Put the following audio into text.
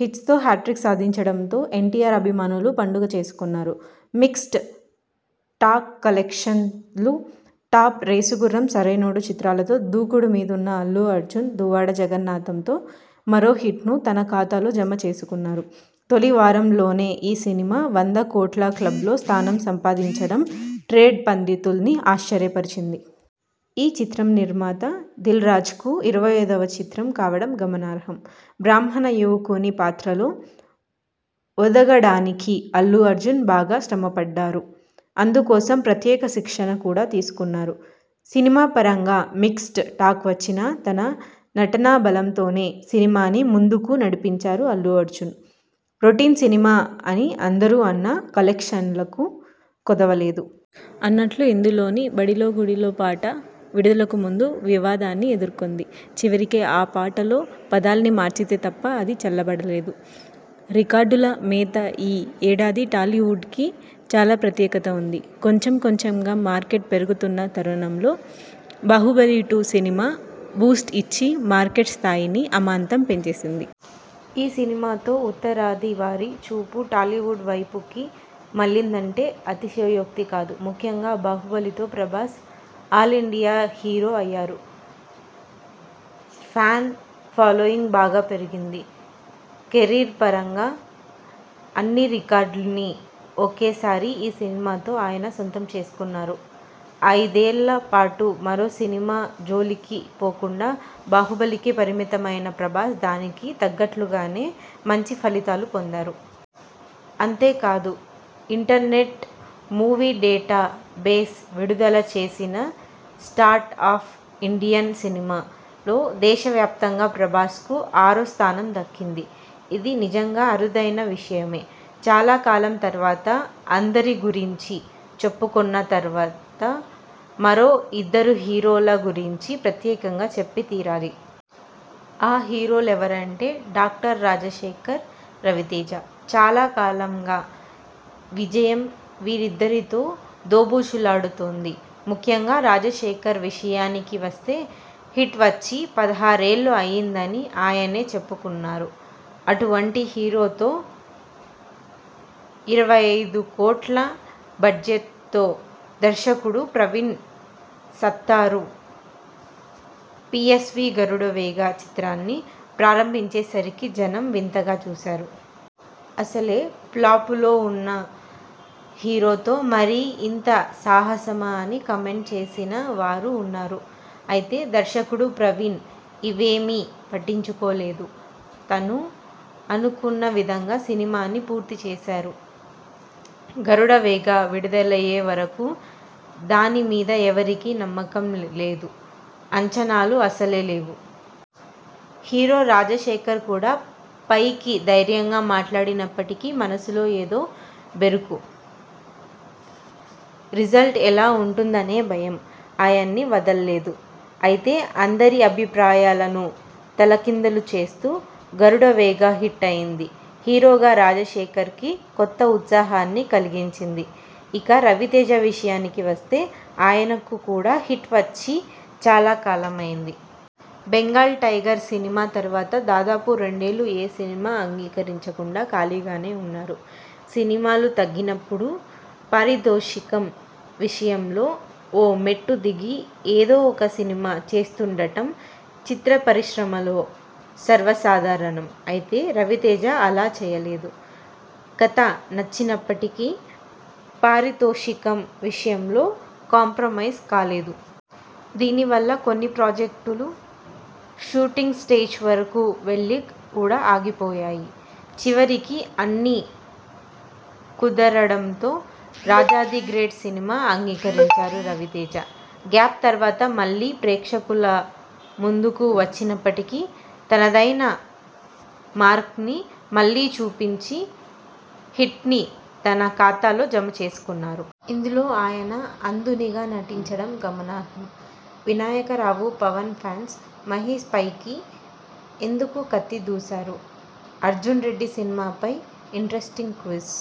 హిట్స్తో hat trick సాదించడంతో ఎన్టీఆర్ అభిమానులు పండగ చేసుకొన్నారు. మిక్స్ట్ టాక్కలెక్షన్లు టాప్! 'రేసుగుర్రం', 'సరైనోడు' చిత్రాలతో దూకుడు మీదున్న అల్లు అర్జున్ 'దువ్వాడ జగన్నాథమ్'తో మరో హిట్ను తన ఖాతాలో జమ చేసుకొన్నారు. తొలి వారంలోనే ఈ సినిమా వంద కోట్ల క్లబ్లో స్థానం సంపాదించడం ట్రేడ్ పండితుల్ని ఆశ్చర్యపరిచింది. ఈ చిత్రం నిర్మాత దిల్ రాజుకు ఇరవై ఐదవ చిత్రం కావడం గమనార్హం. బ్రాహ్మణ యువకుని పాత్రలో ఒదగడానికి అల్లు అర్జున్ బాగా శ్రమ పడ్డారు. అందుకోసం ప్రత్యేక శిక్షణ కూడా తీసుకొన్నారు. సినిమాపరంగా మిక్స్డ్ టాక్ వచ్చినా, తన నటనాబలంతోనే సినిమాని ముందుకు నడిపించారు అల్లు అర్జున్, రొటీన్ సినిమా అని అందరూ అన్నా కలెక్షన్లకు కొదవలేదు. అన్నట్లు ఇందులోని 'బడిలో గుడిలో.. ' పాట విడుదలకు ముందు వివాదాన్ని ఎదుర్కొంది. చివరికి ఆ పాటలో పదాల్ని మార్చితే తప్ప అది చల్లబడలేదు. రికార్డుల మెత ఈ ఏడాది టాలీవుడ్ కి చాలా ప్రత్యేకత ఉంది. కొంచెం కొంచెంగా మార్కెట్ పెరుగుతున్న తరుణంలో 'బాహుబలి టూ' సినిమా బూస్ట్ ఇచ్చి మార్కెట్ స్థాయిని అమాంతం పెంచేసింది. ఈ సినిమా తో ఉత్తరాది వారి చూపు టాలీవుడ్ వైపుకి మళ్లిందంటే అతిశయోక్తి కాదు. ముఖ్యంగా 'బాహుబలి' తో ప్రభాస్ ఆలిండియా హీరో అయ్యారు. ఫ్యాన్ ఫాలోయింగ్ బాగా పెరిగింది. కెరీర్ పరంగా అన్ని రికార్డుల్నీ ఒకేసారి ఈ సినిమాతో ఆయన సొంతం చేసుకొన్నారు. ఐదేళ్ల పాటు మరో సినిమా జోలికి పోకుండా 'బాహుబలి' కే పరిమితమైన ప్రభాస్ దానికి తగ్గట్లుగానే మంచి ఫలితాలు పొందారు. అంతే కాదు ఇంటర్నెట్ మూవీ డేటా బేస్ విడుదల చేసిన 'స్టార్ ఆఫ్ ఇండియన్ సినిమా ' లో దేశవ్యాప్తంగా ప్రభాస్ కు ఆరో స్థానం దక్కింది. ఇది నిజంగా అరుదైన విషయమే. చాలా కాలం తరువాత.. అందరి గురించి చెప్పుకొన్న తర్వాత మరో ఇద్దరు హీరోల గురించి ప్రత్యేకంగా చెప్పి తీరాలి. ఆ హీరోలెవరంటే.. డాక్టర్ రాజశేఖర్, రవితేజ. చాలా కాలంగా విజయం వీరిద్దరితో దోబూచులాడుతోంది. ముఖ్యంగా రాజశేఖర్ విషయానికి వస్తే హిట్ వచ్చి పదహారు ఏళ్లు అయిందని ఆయనే చెప్పుకొన్నారు. అటువంటి హీరోతో రూ. ఇరవై ఐదు కోట్ల బడ్జెట్తో దర్శకుడు ప్రవీణ్ సత్తారు 'పీయస్వీ గరుడవేగ' చిత్రాన్ని ప్రారంభించేసరికి జనం వింతగా చూశారు. అసలే ప్లాపుల్లో ఉన్న హీరోతో మరీ ఇంత సాహసమా అని కామెంట్ చేసిన వారూ ఉన్నారు. అయితే దర్శకుడు ప్రవీణ్ ఇవేమీ పట్టించుకోలేదు. తను అనుకొన్న విధంగా సినిమాని పూర్తి చేశారు. 'గరుడవేగ' విడుదలయ్యేవరకూ దాని మీద ఎవరికీ నమ్మకం లేదు. అంచనాలు అసలే లేవు. హీరో రాజశేఖర్ కూడా పైకి ధైర్యంగా మాట్లాడినప్పటికీ మనసులో ఏదో బెరుకు, రిజల్ట్ ఎలా ఉంటుందోననే భయం ఆయన్ని వదల్లేదు. అయితే అందరి అభిప్రాయాలనూ తలకిందులు చేస్తూ 'గరుడవేగ' హిట్ అయింది. హీరోగా రాజశేఖర్కి కొత్త ఉత్సాహాన్ని కలిగించింది. ఇక రవితేజ విషయానికి వస్తే.. ఆయనకు కూడా హిట్ వచ్చి చాలా కాలమైంది. 'బెంగాల్ టైగర్' సినిమా తర్వాత దాదాపు రెండేళ్లు ఏ సినిమా అంగీకరించకుండా ఖాళీగానే ఉన్నారు. సినిమాలు తగ్గినప్పుడు పారితోషికం విషయంలో ఓ మెట్టు దిగి, ఏదో ఒక సినిమా చేస్తుండటం చిత్రపరిశ్రమలో సర్వసాధారణం. అయితే రవితేజ అలా చేయలేదు. కథ నచ్చినప్పటికీ పారితోషికం విషయంలో కాంప్రమైజ్ కాలేదు. దీని వల్ల కొన్ని ప్రాజెక్టులు షూటింగ్ స్టేజ్ వరకూ వెళ్లి కూడా ఆగిపోయాయి. చివరికి అన్నీ కుదరడంతో 'రాజా ది గ్రేట్' సినిమా అంగీకరించారు రవితేజ. గ్యాప్ తర్వాత మళ్లీ ప్రేక్షకుల ముందుకు వచ్చినప్పటికీ తనదైన మార్క్ని మళ్లీ చూపించి, హిట్ని తన ఖాతాలో జమ చేసుకొన్నారు. ఇందులో ఆయన అంధునిగా నటించడం గమనార్హం. వినాయకరావు పవన్ ఫ్యాన్స్ మహేశ్పైకి ఎందుకు 'కత్తి' దూశారు? అర్జున్రెడ్డి సినిమాపై ఇంట్రెస్టింగ్ క్విజ్।